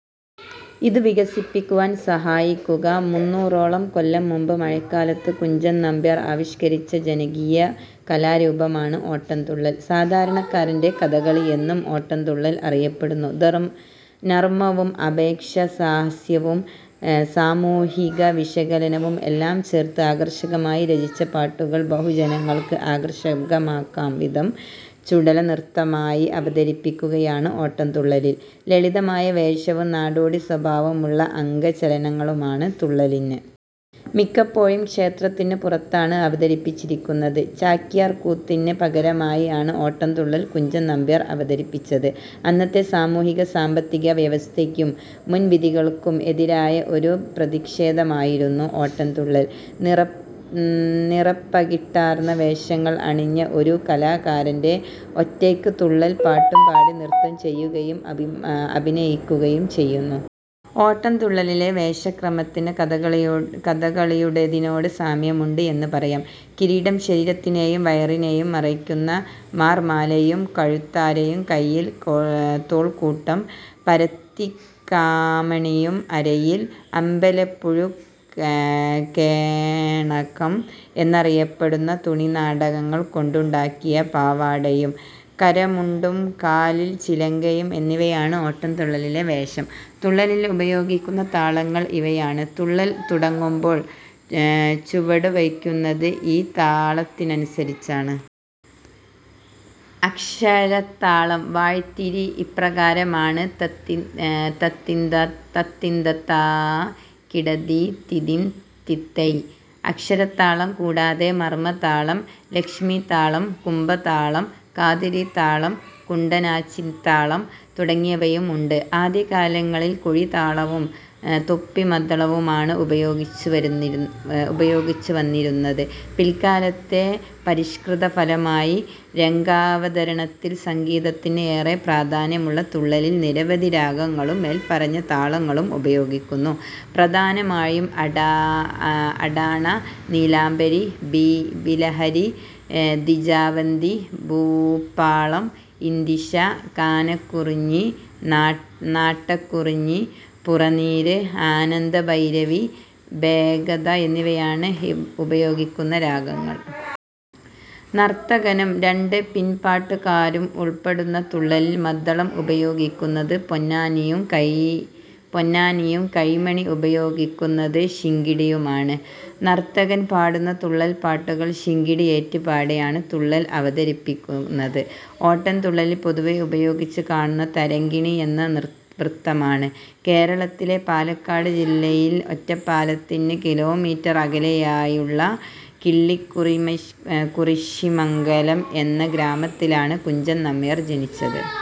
ഇതു വികസിപ്പിക്കുവാൻ സഹായിക്കുക. മുന്നുറോളം കൊല്ലംമുമ്പ് കലക്കത്തു കുഞ്ചൻ നമ്പ്യാർ ആവിഷ്കരിച്ച ജനകീയകലാരുപമാണ് ഓട്ടൻതുള്ളൽ. സാധാരണക്കാരന്റെ കഥകളി എന്നും ഓട്ടൻതുള്ളൽ അറിയപ്പെടുന്നു. നർമ്മവും ആക്ഷേപഹാസ്യവും സാമൂഹിക വിശകലനവും എല്ലാം ചേർത്ത് ആകർഷകമായി രചിച്ച പാട്ടുകൾ ബഹുജനങ്ങൾക്ക് ആകർഷകമാം വിധം ചടുല നൃത്തമായി അവതരിപ്പിക്കുകയാണ് ഓട്ടൻതുള്ളലിൽ. ലളിതമായ വേഷവും നാടോടി സ്വഭാവമുള്ള അംഗചലനങ്ങളുമാണ് തുള്ളലിന്. മിക്കപ്പോഴും ക്ഷേത്രത്തിനു പുറത്താണ് അവതരിപ്പിച്ചിരുന്നത്. ചാക്യാർ കൂത്തിനു പകരമായി ആണ് ഓട്ടൻതുള്ളൽ കുഞ്ചൻ നമ്പ്യാർ അവതരിപ്പിച്ചത്. അന്നത്തെ സാമൂഹിക സാമ്പത്തിക വ്യവസ്ഥയ്ക്കും മുൻവിധികൾക്കും എതിരായ ഒരു പ്രതിഷേധമായിരുന്നു ഓട്ടൻതുള്ളൽ. നിറപ്പകിട്ടാർന്ന വേഷങ്ങൾ അണിഞ്ഞ ഒരു കലാകാരൻ ഒറ്റയ്ക്ക് തുള്ളൽ പാട്ടുപാടി നൃത്തം ചെയ്യുകയും അഭിനയിക്കുകയും ചെയ്യുന്നു. ഓട്ടൻ തുള്ളലിലെ വേഷക്രമത്തിന് കഥകളിയുടേതിനോട് സാമ്യമുണ്ട് എന്നു പറയാം. കിരീടം, ശരീരത്തിനെയും വയറിനെയും മറയ്ക്കുന്ന മാർമാലയും കഴുത്താരവും കൈയ്യിൽ തോൾക്കൂട്ടം, പരത്തിക്കാമണിയും അരയിൽ 'അമ്പലപുഴ കോണകം' എന്നറിയപ്പെടുന്ന തുണിനാടകൾ കൊണ്ടുണ്ടാക്കിയ പാവാടയും കരമുണ്ടും കാലിൽ ചിലങ്കകൾ എന്നിവയാണ് ഓട്ടൻതുള്ളലിലെ വേഷം. തുള്ളലിൽ ഉപയോഗിയ്ക്കുന്ന താളങ്ങൾ ഇവയാണ് തുള്ളൽ തുടങ്ങുമ്പോൾ ചുവടുവെയ്ക്കുന്നത് ഈ താളത്തിനനുസരിച്ചാണ്. അക്ഷര താളം. വായ്ത്താരി ഇപ്രകാരമാണ്"തത്തിന്തത്താ കിടധീ ധിതി ത്തിത്തൈ" അക്ഷരതാളം കൂടാതെ മർമ്മ താളം, ലക്ഷ്മീ താളം, കുംഭ താളം, കാരികതാളം, കുണ്ടനാച്ചിതാളം തുടങ്ങിയവയും ഉണ്ട്. ആദ്യകാലങ്ങളിൽ കുഴിതാളവും തൊപ്പിമദ്ദളവുമാണ് ഉപയോഗിച്ചു വന്നിരുന്നത് പിൽക്കാലത്തെ പരിഷ്കൃതഫലമായി രംഗാവതരണത്തിൽ സംഗീതത്തിന് ഏറെപ്രാധാന്യമുള്ള തുള്ളലിൽ നിരവധി രാഗങ്ങളും മേൽപറഞ്ഞ താളങ്ങളും ഉപയോഗിയ്ക്കുന്നു. പ്രധാനമായും അഠാണ, നീലാംബരി, ബിലഹരി, ദ്വിജാവന്തി, ഭൂപാളം, ഇന്ദിശ, കാനക്കുറുഞ്ഞി, നാട്ടക്കുറുഞ്ഞി, പുറനീര്, ആനന്ദഭൈരവി, ബേഗഡ എന്നിവയാണ് ഉപയോഗിയ്ക്കുന്ന രാഗങ്ങൾ. നർത്തകനും രണ്ട് പിൻപാട്ടുകാരും ഉൾപ്പെടുന്ന തുള്ളലിൽ മദ്ദളം ഉപയോഗിയ്ക്കുന്നത് പൊന്നാനിയും കൈമണി ഉപയോഗിയ്ക്കുന്നത് ശിങ്കിടിയുമാണ്. നർത്തകൻ പാടുന്ന തുള്ളൽപാട്ടുകൾ ശിങ്കിടി ഏറ്റുപാടിയാണ് തുള്ളൽ അവതരിപ്പിയ്ക്കുന്നത്. ഓട്ടൻ തുള്ളലിൽ പൊതുവേ ഉപയോഗിച്ച് കാണുന്നത് തരംഗിണി എന്ന വൃത്തമാണ്. കേരളത്തിലെ പാലക്കാട് ജില്ലയിൽ ഒറ്റപ്പാലത്തിന് കിലോമീറ്റർ അകലെയായുള്ള കിള്ളിക്കുറിശ്ശിമംഗലം എന്ന ഗ്രാമത്തിലാണ് കുഞ്ചൻ നമ്പ്യാർ ജനിച്ചത്.